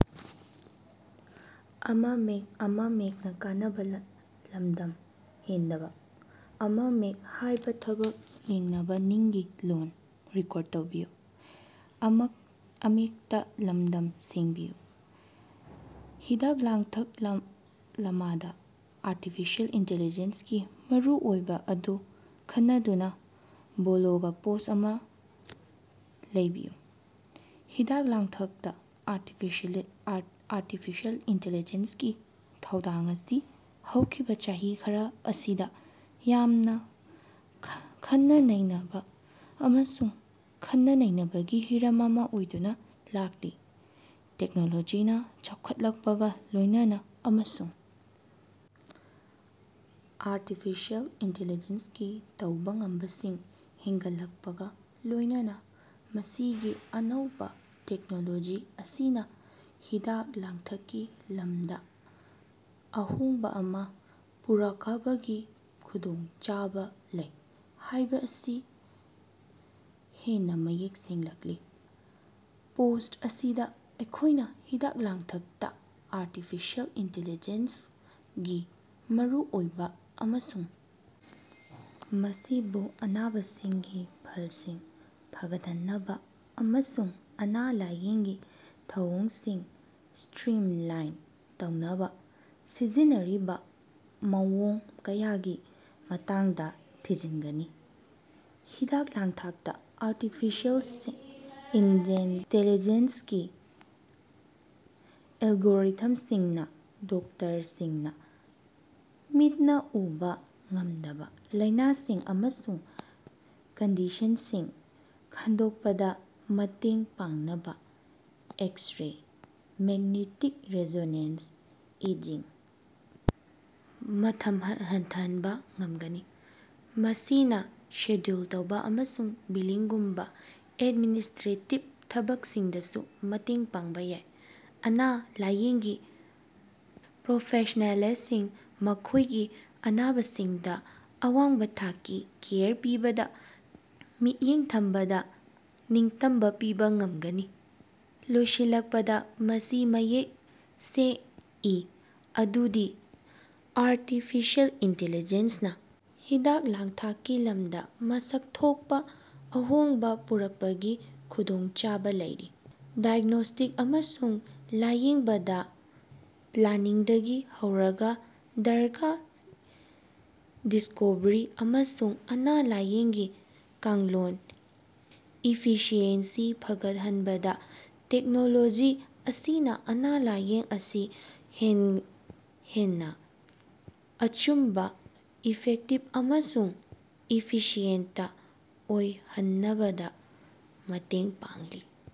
ꯍꯤꯗꯥꯛ ꯂꯥꯡꯊꯛꯀꯤ ꯂꯃꯗꯥ ꯑꯥꯔꯇꯤꯐꯤꯁꯤꯑꯦꯜ ꯏꯟꯇꯦꯂꯤꯖꯦꯟꯁꯀꯤ ꯃꯔꯨꯑꯣꯏꯕꯥ ꯑꯗꯨ ꯈꯟꯅꯗꯨꯅꯥ ꯕ꯭ꯂꯣꯒ ꯄꯣꯁ꯭ꯠ ꯑꯃꯥ ꯏꯕꯤꯌꯨ꯫ ꯍꯤꯗꯥꯛ-ꯂꯥꯡꯊꯛꯇꯥ ꯑꯥꯔꯇꯤꯐꯤꯁꯤꯑꯦꯜ ꯏꯟꯇꯤꯂꯤꯖꯦꯟꯁ ꯒꯤ ꯊꯧꯗꯥꯡ ꯑꯁꯤ ꯍꯧꯈꯤꯕꯥ ꯆꯍꯤ ꯈꯔꯁꯤꯗꯥ ꯌꯥꯝꯅꯥ ꯈꯟꯅ-ꯅꯩꯅꯕꯥ ꯑꯃꯁꯨꯡ ꯈꯟꯅ-ꯅꯩꯅꯕꯒꯤ ꯍꯤꯔꯝ ꯑꯃꯥ ꯑꯣꯏꯗꯨꯅꯥ ꯂꯥꯛꯂꯤ꯫ ꯇꯦꯛꯅꯣꯂꯣꯖꯤꯅꯥ ꯆꯥꯎꯈꯠꯂꯛꯄꯒꯥ ꯂꯣꯏꯅꯅꯥ ꯑꯃꯁꯨꯡ ꯑꯥꯔꯇꯤꯐꯤꯁꯤꯑꯦꯜ ꯏꯟꯇꯦꯂꯤꯖꯦꯟꯁ ꯒꯤ ꯇꯧꯕꯥ ꯉꯝꯕꯁꯤꯡ ꯍꯦꯟꯒꯠꯂꯛꯄꯒꯥ ꯂꯣꯏꯅꯅꯥ ꯃꯁꯤꯒꯤ ꯑꯅꯧꯕꯥ ꯇꯦꯛꯅꯣꯂꯣꯖꯤ ꯑꯁꯤꯅꯥ ꯍꯤꯗꯥꯛ ꯂꯥꯡꯊꯛꯀꯤ ꯂꯝꯗꯥ ꯑꯍꯣꯡꯕꯥ ꯑꯃꯥ ꯄꯨꯔꯀꯄꯒꯤ ꯈꯨꯗꯣꯡꯆꯕ ꯂꯩ ꯍꯥꯌꯕꯁꯤ ꯍꯦꯟꯅꯥ ꯃꯌꯦꯛ ꯁꯦꯡꯂꯛꯂꯤ꯫ ꯄꯣꯁꯠ ꯑꯁꯤꯗꯥ ꯑꯩꯈꯣꯌꯅꯥ ꯍꯤꯗꯥꯛ ꯂꯥꯡꯊꯛꯇ ꯑꯥꯔꯇꯤꯐꯤꯁꯤꯑꯦꯜ ꯏꯟꯇꯦꯂꯤꯖꯦꯟꯁ ꯒꯤ ꯃꯔꯨꯑꯣꯏꯕꯥ ꯑꯃꯁꯨꯡ ꯃꯁꯤꯕꯨ ꯑꯅꯥꯕꯁꯤꯡꯒꯤ ꯐꯜꯁꯤꯡ ꯐꯒꯠꯍꯟꯅꯕꯥ ꯑꯃꯁꯨꯡ ꯑꯅ-ꯂꯏꯌꯦꯡꯒꯤ ꯊꯧꯑꯣꯡꯁꯤꯡ ꯁꯇ꯭ꯔꯤꯝꯂꯥꯏꯟ ꯇꯧꯅꯕꯥ ꯁꯤꯖꯤꯟꯅꯔꯤꯕꯥ ꯃꯑꯣꯡ ꯀꯌꯥꯒꯤ ꯃꯇꯥꯡꯗꯥ ꯊꯤꯖꯤꯒꯅꯤ꯫ ꯍꯤꯗꯥꯛ-ꯂꯥꯡꯊꯛꯇꯥ ꯑꯥꯔꯇꯤꯐꯤꯁꯤꯑꯦꯜ ꯏꯟꯇꯦꯂꯤꯖꯦꯟꯁ ꯒꯤ ꯑꯦꯜꯒꯣꯔꯤꯊꯝꯁꯤꯡꯅꯥ ꯗꯣꯛꯇꯔꯁꯤꯡꯅꯥ ꯃꯤꯠꯅꯥ ꯎꯕꯥ ꯉꯝꯗꯕꯥ ꯂꯥꯏꯅꯥꯁꯤꯡ ꯑꯃꯁꯨꯡ ꯀꯟꯗꯤꯁꯟꯁꯤꯡ ꯈꯡꯗꯣꯛꯄꯗꯥ ꯃꯇꯦꯡ ꯄꯥꯡꯅꯕꯥ ꯑꯦꯛꯁ-ꯔꯦ, ꯃꯦꯒꯅꯦꯇꯤꯛ ꯔꯤꯖꯣꯅꯦꯟꯖ ꯏꯦꯖꯤꯡ ꯃꯇꯝ ꯍꯟꯊꯍꯟꯕꯥ ꯉꯝꯒꯅꯤ꯫ ꯃꯁꯤꯅꯥ ꯁꯦꯗ꯭ꯌꯨꯜ ꯇꯧꯕꯥ ꯑꯃꯁꯨꯡ ꯕꯤꯂꯤꯡꯒꯨꯝꯕꯥ ꯑꯦꯗꯃꯤꯅꯤꯁꯇ꯭ꯔꯦꯇꯤꯕ ꯊꯕꯛꯁꯤꯡꯗꯁꯨ ꯃꯇꯦꯡ ꯄꯥꯡꯕꯥ ꯌꯥꯏ, ꯑꯅ-ꯥꯂꯥꯏꯌꯦꯡꯒꯤ ꯄ꯭ꯔꯣꯐꯦꯁ꯭ꯅꯦꯂꯁꯤꯡꯕꯨ ꯃꯈꯣꯏꯒꯤ ꯑꯅꯥꯕꯁꯤꯡꯗꯥ ꯑꯋꯥꯡꯕꯥ ꯊꯥꯛꯀꯤ ꯀꯦꯌꯔ ꯄꯤꯕꯗꯥ ꯃꯤꯠꯌꯦꯡ ꯊꯝꯕꯗ ꯅꯤꯡꯇꯝꯕꯥ ꯄꯤꯕꯥ ꯉꯃꯒꯅꯤ꯫ ꯂꯣꯏꯁꯤꯜꯂꯛꯄꯗꯥ, ꯃꯁꯤ ꯃꯌꯦꯛ ꯁꯦꯡꯏ ꯑꯗꯨꯗꯤ ꯑꯥꯔꯇꯤꯐꯤꯁꯤꯑꯦꯜ ꯏꯟꯇꯦꯂꯤꯖꯦꯟꯁꯅꯥ ꯍꯤꯗꯥꯛ ꯂꯥꯡꯊꯛꯀꯤ ꯂꯃꯗꯥ ꯃꯁꯛ ꯊꯣꯛꯄꯥ ꯑꯍꯣꯡꯕꯥ ꯄꯨꯔꯛꯄꯒꯤ ꯈꯨꯗꯣꯡꯆꯕ ꯂꯩꯔꯤ꯫ ꯗꯥꯏꯒ꯭ꯅꯣꯁ꯭ꯇꯤꯛ ꯑꯃꯁꯨꯡ ꯂꯥꯏꯌꯦꯡꯕꯗ ꯄ꯭ꯂꯥꯅꯤꯡꯗꯒꯤ ꯍꯧꯔꯒꯥ ꯗ꯭ꯔꯒ ꯗꯤꯁ꯭ꯀꯣꯚꯔꯤ ꯑꯃꯁꯨꯡ ꯑꯅ-ꯥꯂꯥꯏꯌꯦꯡꯒꯤ ꯀꯥꯡꯂꯣꯟ ꯏꯐꯤꯁꯤꯑꯦꯟꯁꯤ ꯐꯥꯒꯠꯍꯟꯕꯗ ꯇꯦꯛꯅꯣꯂꯣꯖꯤ ꯑꯁꯤꯅꯥ ꯑꯅ-ꯥꯂꯥꯏꯌꯦꯡ ꯑꯁꯤ ꯍꯦꯟꯅꯥ ꯑꯆꯨꯝꯕꯥ, ꯏꯐꯦꯛꯇꯤꯕ ꯑꯃꯁꯨꯡ ꯏꯐꯤꯁꯤꯌꯦꯟꯇ ꯑꯣꯏꯍꯅꯕꯗꯥ ꯃꯇꯦꯡ ꯄꯥꯡꯂꯤ꯫